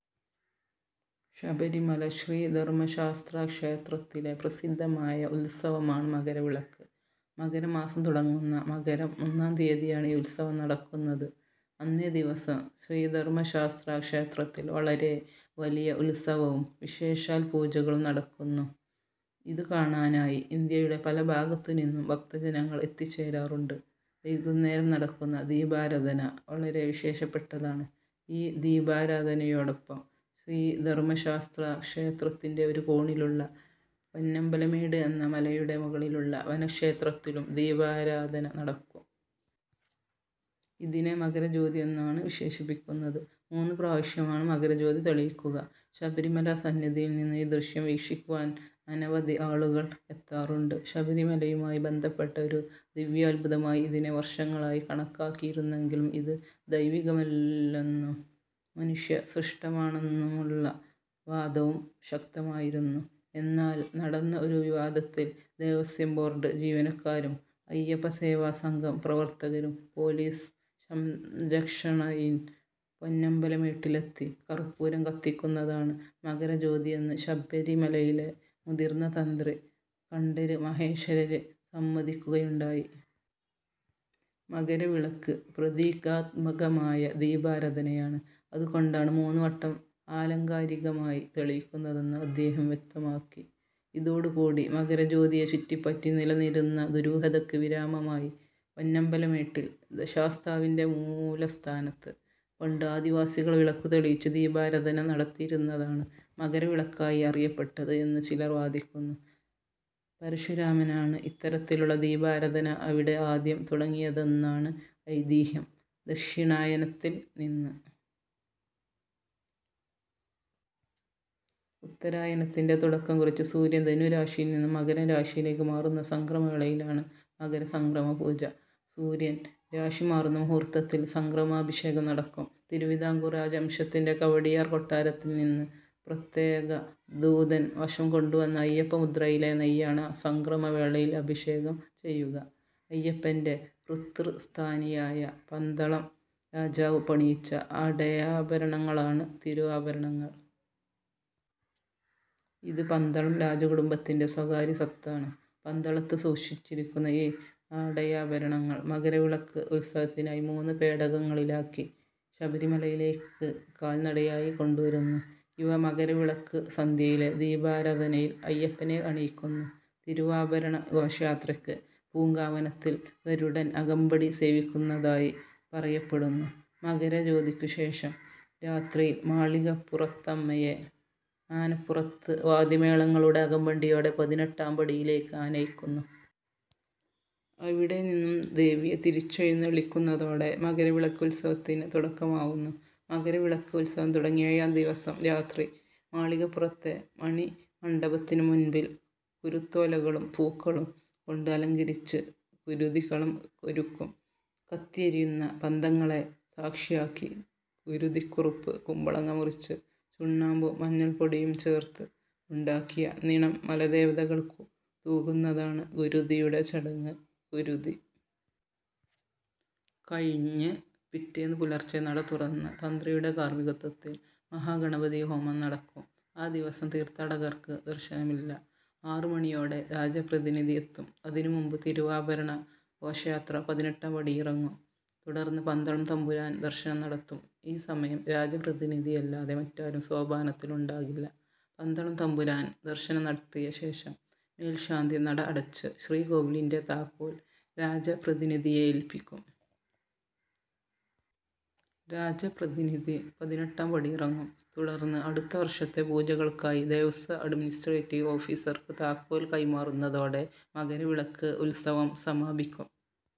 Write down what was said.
ശബരിമല ശ്രീധർമ്മശാസ്താക്ഷേത്രത്തിലെ പ്രസിദ്ധമായ ഉത്സവമാണ് മകരവിളക്ക്. മകരമാസം തുടങ്ങുന്ന മകരം ഒന്നാം തീയതിയാണ് ഈ ഉത്സവം നടക്കുന്നത്. അന്നേദിവസം ശ്രീധർമ്മശാസ്താക്ഷേത്രത്തിൽ വളരെ വലിയ ഉത്സവവും വിശേഷാൽ പൂജകളും നടക്കുന്നു. ഇതുകാണാനായി ഇന്ത്യയുടെ പല ഭാഗത്തുനിന്നും ഭക്തജനങ്ങൾ എത്തിച്ചേരാറുണ്ട്. വൈകുന്നേരം നടക്കുന്ന ദീപാരാധന വളരെ വിശേഷപ്പെട്ടതാണ്. ഈ ദീപാരാധനയോടൊപ്പം ശ്രീധർമ്മശാസ്താക്ഷേത്രത്തിൻ്റെ ഒരു കോണിലുള്ള പൊന്നമ്പലമേട് എന്ന മലയുടെ മുകളിലുള്ള വനക്ഷേത്രത്തിലും ദീപാരാധന നടക്കും. ഇതിനെ മകരജ്യോതി എന്നാണ് വിശേഷിപ്പിക്കുന്നത്. മൂന്നുപ്രാവശ്യമാണ് മകരജ്യോതി തെളിയിക്കുക. ശബരിമല സന്നിധിയിൽനിന്നും ഈ ദൃശ്യം വീക്ഷിക്കുവാൻ അനവധി ആളുകൾ എത്താറുണ്ട്. ശബരിമലയുമായി ബന്ധപ്പെട്ട ഒരു ദിവ്യാത്ഭുതമായി ഇതിനെ വർഷങ്ങളായി കണക്കാക്കിയിരുന്നെങ്കിലും ഇത് ദൈവികമല്ലെന്നും മനുഷ്യസൃഷ്ടമാണെന്നുമുള്ള വാദവും ശക്തമായിരുന്നു. എന്നാൽ നടന്ന ഒരു വിവാദത്തിൽ ദേവസ്വം ബോർഡ് ജീവനക്കാരും അയ്യപ്പസേവാസംഘം പ്രവർത്തകരും പോലീസ് രക്ഷണയിൽ പൊന്നമ്പലമേട്ടിലെത്തി കർപ്പൂരം കത്തിക്കുന്നതാണ് മകരജ്യോതിയെന്ന് ശബരിമലയിലെ മുതിർന്ന തന്ത്രി കണ്ഠര് മഹേശ്വരര് സമ്മതിക്കുകയുണ്ടായി. മകരവിളക്ക് പ്രതീകാത്മകമായ ദീപാരാധനയാണ്. അതുകൊണ്ടാണ് മൂന്നുവട്ടം ആലങ്കാരികമായി തെളിയിക്കുന്നതെന്ന് അദ്ദേഹം വ്യക്തമാക്കി. ഇതോടുകൂടി മകരജ്യോതിയെ ചുറ്റിപ്പറ്റി നിലനിന്നിരുന്ന ദുരൂഹതയ്ക്ക് വിരാമമായി. പൊന്നമ്പലമേട്ടിൽ ശാസ്താവിൻ്റെ മൂലസ്ഥാനത്ത് പണ്ട് ആദിവാസികൾ വിളക്കു തെളിയിച്ച് ദീപാരാധന നടത്തിയിരുന്നതാണ് മകരവിളക്കായി അറിയപ്പെട്ടത് എന്ന് ചിലർ വാദിക്കുന്നു. പരശുരാമനാണ് ഇത്തരത്തിലുള്ള ദീപാരാധന അവിടെ ആദ്യം തുടങ്ങിയതെന്നാണ് ഐതിഹ്യം. ദക്ഷിണായനത്തിൽനിന്ന് ഉത്തരായനത്തിൻ്റെ തുടക്കം കുറിച്ച് സൂര്യൻ ധനു രാശിയിൽനിന്നും മകരം രാശിയിലേക്ക് മാറുന്ന സംക്രമവേളയിലാണ് മകരസംക്രമപൂജ. സൂര്യൻ രാശി മാറുന്ന മുഹൂർത്തത്തിൽ സംക്രമാഭിഷേകം നടക്കും. തിരുവിതാംകൂർ രാജവംശത്തിൻ്റെ കവടിയാർ കൊട്ടാരത്തിൽനിന്ന് പ്രത്യേക ദൂതൻ വശം കൊണ്ടുവന്ന അയ്യപ്പമുദ്രയിലെ നെയ്യാണ് സംക്രമവേളയിൽ അഭിഷേകം ചെയ്യുക. അയ്യപ്പൻ്റെ പിതൃസ്ഥാനീയനായ പന്തളം രാജാവ് പണിയിച്ച ആടയാഭരണങ്ങളാണ് തിരുവാഭരണങ്ങൾ. ഇത് പന്തളം രാജകുടുംബത്തിൻ്റെ സ്വകാര്യ സ്വത്താണ്. പന്തളത്ത് സൂക്ഷിച്ചിരിക്കുന്ന ഈ ആടയാഭരണങ്ങൾ മകരവിളക്ക് ഉത്സവത്തിനായി മൂന്നു പേടകങ്ങളിലാക്കി ശബരിമലയിലേക്ക് കാൽനടയായി കൊണ്ടുവരുന്നു. ഇവ മകരവിളക്ക് സന്ധ്യയിലെ ദീപാരാധനയിൽ അയ്യപ്പനെ അണിയിക്കുന്നു. തിരുവാഭരണ ഘോഷയാത്രയ്ക്ക് പൂങ്കാവനത്തിൽ ഗരുഡൻ അകമ്പടി സേവിക്കുന്നതായി പറയപ്പെടുന്നു. മകരജ്യോതിക്കുശേഷം രാത്രിയിൽ മാളികപ്പുറത്തമ്മയെ ആനപ്പുറത്ത് വാദ്യമേളങ്ങളുടെ അകമ്പടിയോടെ പതിനെട്ടാം പടിയിലേക്ക് ആനയിക്കുന്നു. അവിടെനിന്നും ദേവിയെ തിരിച്ചെഴുന്നള്ളിക്കുന്നതോടെ മകരവിളക്ക് ഉത്സവത്തിന് തുടക്കമാവുന്നു. മകരവിളക്ക് ഉത്സവം തുടങ്ങി ഏഴാം ദിവസം രാത്രി മാളികപ്പുറത്തെ മണിമണ്ഡപത്തിനു മുൻപിൽ കുരുത്തോലകളും പൂക്കളും കൊണ്ട് അലങ്കരിച്ച് ഗുരുതിക്കളം ഒരുക്കും. കത്തിയെരിയുന്ന പന്തങ്ങളെ സാക്ഷിയാക്കി ഗുരുതിക്കുറുപ്പ് കുമ്പളങ്ങ മുറിച്ച് ചുണ്ണാമ്പും മഞ്ഞൾപ്പൊടിയും ചേർത്ത് ഉണ്ടാക്കിയ നിണം മലദേവതകൾക്കു തൂകുന്നതാണ് ഗുരുതിയുടെ ചടങ്ങ്. ഗുരുതി കഴിഞ്ഞ് പിറ്റേന്ന് പുലർച്ചെ നട തുറന്ന് തന്ത്രിയുടെ കാർമികത്വത്തിൽ മഹാഗണപതി ഹോമം നടക്കും. ആ ദിവസം തീർഥാടകർക്ക് ദർശനമില്ല. ആറുമണിയോടെ രാജപ്രതിനിധി എത്തും. അതിനുമുൻപ് തിരുവാഭരണ ഘോഷയാത്ര പതിനെട്ടാംപടിയിറങ്ങും. തുടർന്ന് പന്തളം തമ്പുരാൻ ദർശനം നടത്തും. ഈ സമയം രാജപ്രതിനിധിയല്ലാതെ മറ്റാരും സോപാനത്തിൽ ഉണ്ടാകില്ല. പന്തളം തമ്പുരാൻ ദർശനം നടത്തിയ ശേഷം മേൽശാന്തി നട അടച്ച് ശ്രീകോവിലിൻ്റെ താക്കോൽ രാജപ്രതിനിധിയെ ഏൽപ്പിക്കും. രാജപ്രതിനിധി പതിനെട്ടാംപടിയിറങ്ങും. തുടർന്ന് അടുത്ത ഒരു വർഷത്തെ പൂജകൾക്കായി ദേവസ്വം അഡ്മിനിസ്ട്രേറ്റീവ് ഓഫീസർക്ക് താക്കോൽ കൈമാറുന്നതോടെ മകരവിളക്ക് ഉത്സവം സമാപിക്കും.